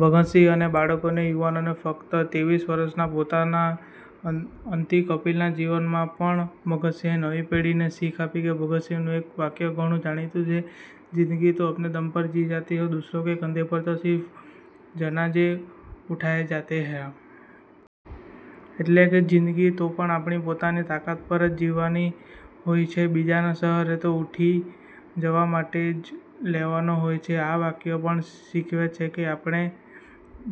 ભગતસિંહ અને બાળકો યુવાનો: ફક્ત ત્રેવીસ વર્ષના પોતાના અતિ અલ્પ જીવનમાં પણ ભગતસિંહે નવી પેઢીને ઘણી શીખ આપી છે. ભગતસિંહનું એક વાક્ય ઘણું જાણીતું છે, "જિંદગી તો અપને દમ પે જી જાતી હૈ, દૂસરોં કે કંધે પર તો સિર્ફ જનાજે ઉઠાયે જાતે હૈ." એટલે કે, "જિંદગી તો આપણી પોતાની તાકાત પર જ જીવવાની હોય છે. બીજાનો સહારો તો અર્થી ઉઠાવવા। માટે જ લેવાનો હોય." આ વાક્ય આપણને શીખવે છે કે આપણે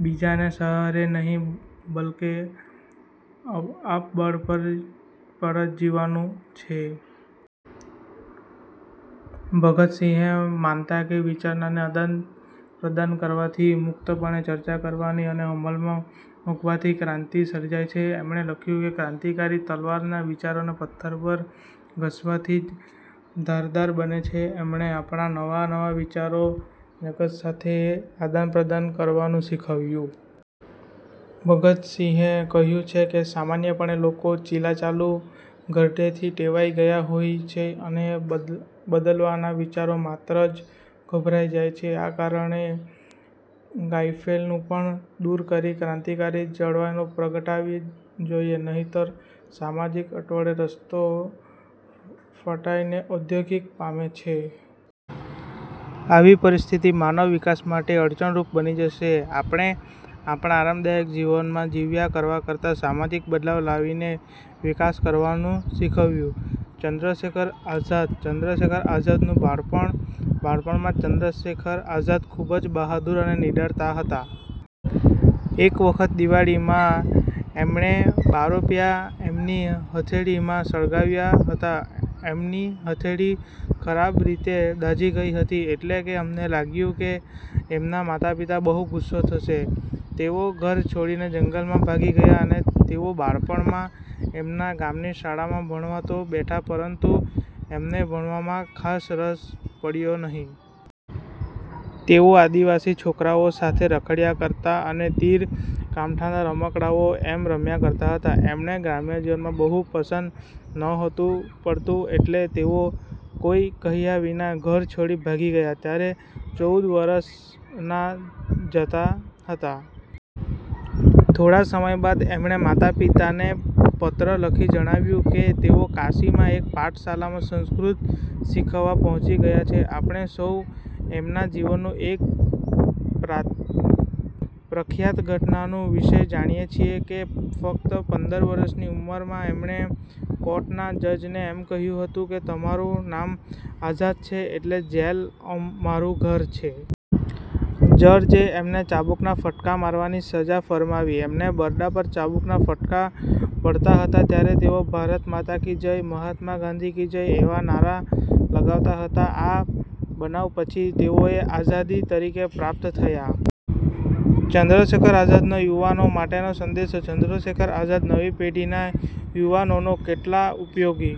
બીજાને સહારે નહિ બલ્કે આપબળે જ જીવવાનું છે. ભગતસિંહ માનતા કે વિચારોના આદાનપ્રદાન કરવાથી, મુક્તપણે ચર્ચા કરવાથી અને તેને અમલમાં મુકવાથી જ ક્રાંતિ સર્જાય છે. એમણે લખ્યું છે "ક્રાંતિની તલવાર વિચારોના પથ્થર પર ઘસવાથી જ ધારદાર બને છે." એમણે આપણને નવા-નવા વિચારો કરી, જગત સાથે આદાનપ્રદાન કરવાનું શીખવ્યું. ભગતસિંહે કહ્યું છે, "સામાન્યપણે લોકો ચીલાચાલુ ઘરેડથી જ ટેવાઈ ગયા હોય છે અને બદલાવના વિચાર માત્રથી જ ગભરાઈ જાય છે. આ ગાફેલપણું દૂર કરીને ક્રાંતિની જવાળા પ્રગટાવવી જોઈએ. નહીંતર સમાજ અવળે રસ્તે ફંટાઈને અધોગતિ પામશે. આવી સ્થિતિ માનવ વિકાસ માટે અડચણરૂપ બની જશે." એમણે આપણને આરામદાયક જીવન જીવ્યા કરવા કરતાં સમાજમાં બદલાવ લાવીને વિકાસ કરવાનું શીખવ્યું. ચંદ્રશેખર આઝાદ: ચંદ્રશેખર આઝાદનું બાળપણ: બાળપણમાં ચંદ્રશેખર આઝાદ ખુબ જ બહાદુર અને નીડર હતા. એક વખત દિવાળીમાં એમણે બપોરીયા એમની હથેળીમાં સળગાવ્યા હતા. એમની હથેળી ખરાબ રીતે દાઝી ગઈ હતી એટલે એમને લાગ્યું કે એમના પિતા બહુ ગુસ્સે થશે. તેઓ ઘર છોડી જંગલમાં ભાગી ગયા! તેઓ બાળપણમાં એમના ગામની શાળામાં ભણવા તો બેઠા પરંતુ એમને ભણવામાં ખાસ રસ પડતો નહિ. તેઓ આદિવાસી છોકરાઓ સાથે રખડયા કરતા અને તીર કામઠાં રમકડાં હોય એમ રમ્યા કરતા. એમને ગ્રામ્ય જીવન બહુ પસંદ નહોતું પડતું એટલે તેઓ કોઈને કહ્યા વિના ઘર છોડી ભાગી ગયા. ત્યારે તેઓ ચૌદ વર્ષના જતા હતા. થોડા સમય બાદ એમણે માતા પિતાને પત્ર લખી જણાવ્યું કે તેઓ કાશીમાં એક પાઠશાળામાં સંસ્કૃત શીખવા પહોંચી ગયા છે. આપણે સૌ એમના જીવનની એક પ્રખ્યાત ઘટના વિષે જાણીએ જ છીએ કે ફક્ત પંદર વર્ષની ઉંમરે એમણે કોર્ટના જજને એમ કહ્યું હતું કે તમારુ નામ આઝાદ છે, અને જેલ એ મારું ઘર છે. જજે એમને ચાબુકના ફટકા મારવાની સજા ફરમાવી. એમને બરડા પર ચાબુકના ફટકા પડતા હતા ત્યારે તેઓ "ભારત માતા કી જય", "મહાત્મા ગાંધી કી જય" એવા નારા લગાવતા હતા. આ બનાવ પછી તેઓ આઝાદ તરીકે પ્રખ્યાત થયા. ચંદ્રશેખર આઝાદનો યુવાનો માટે સંદેશ: ચંદ્રશેખર આઝાદે નવી પેઢીના યુવાનોને કેટલાક ઉપયોગી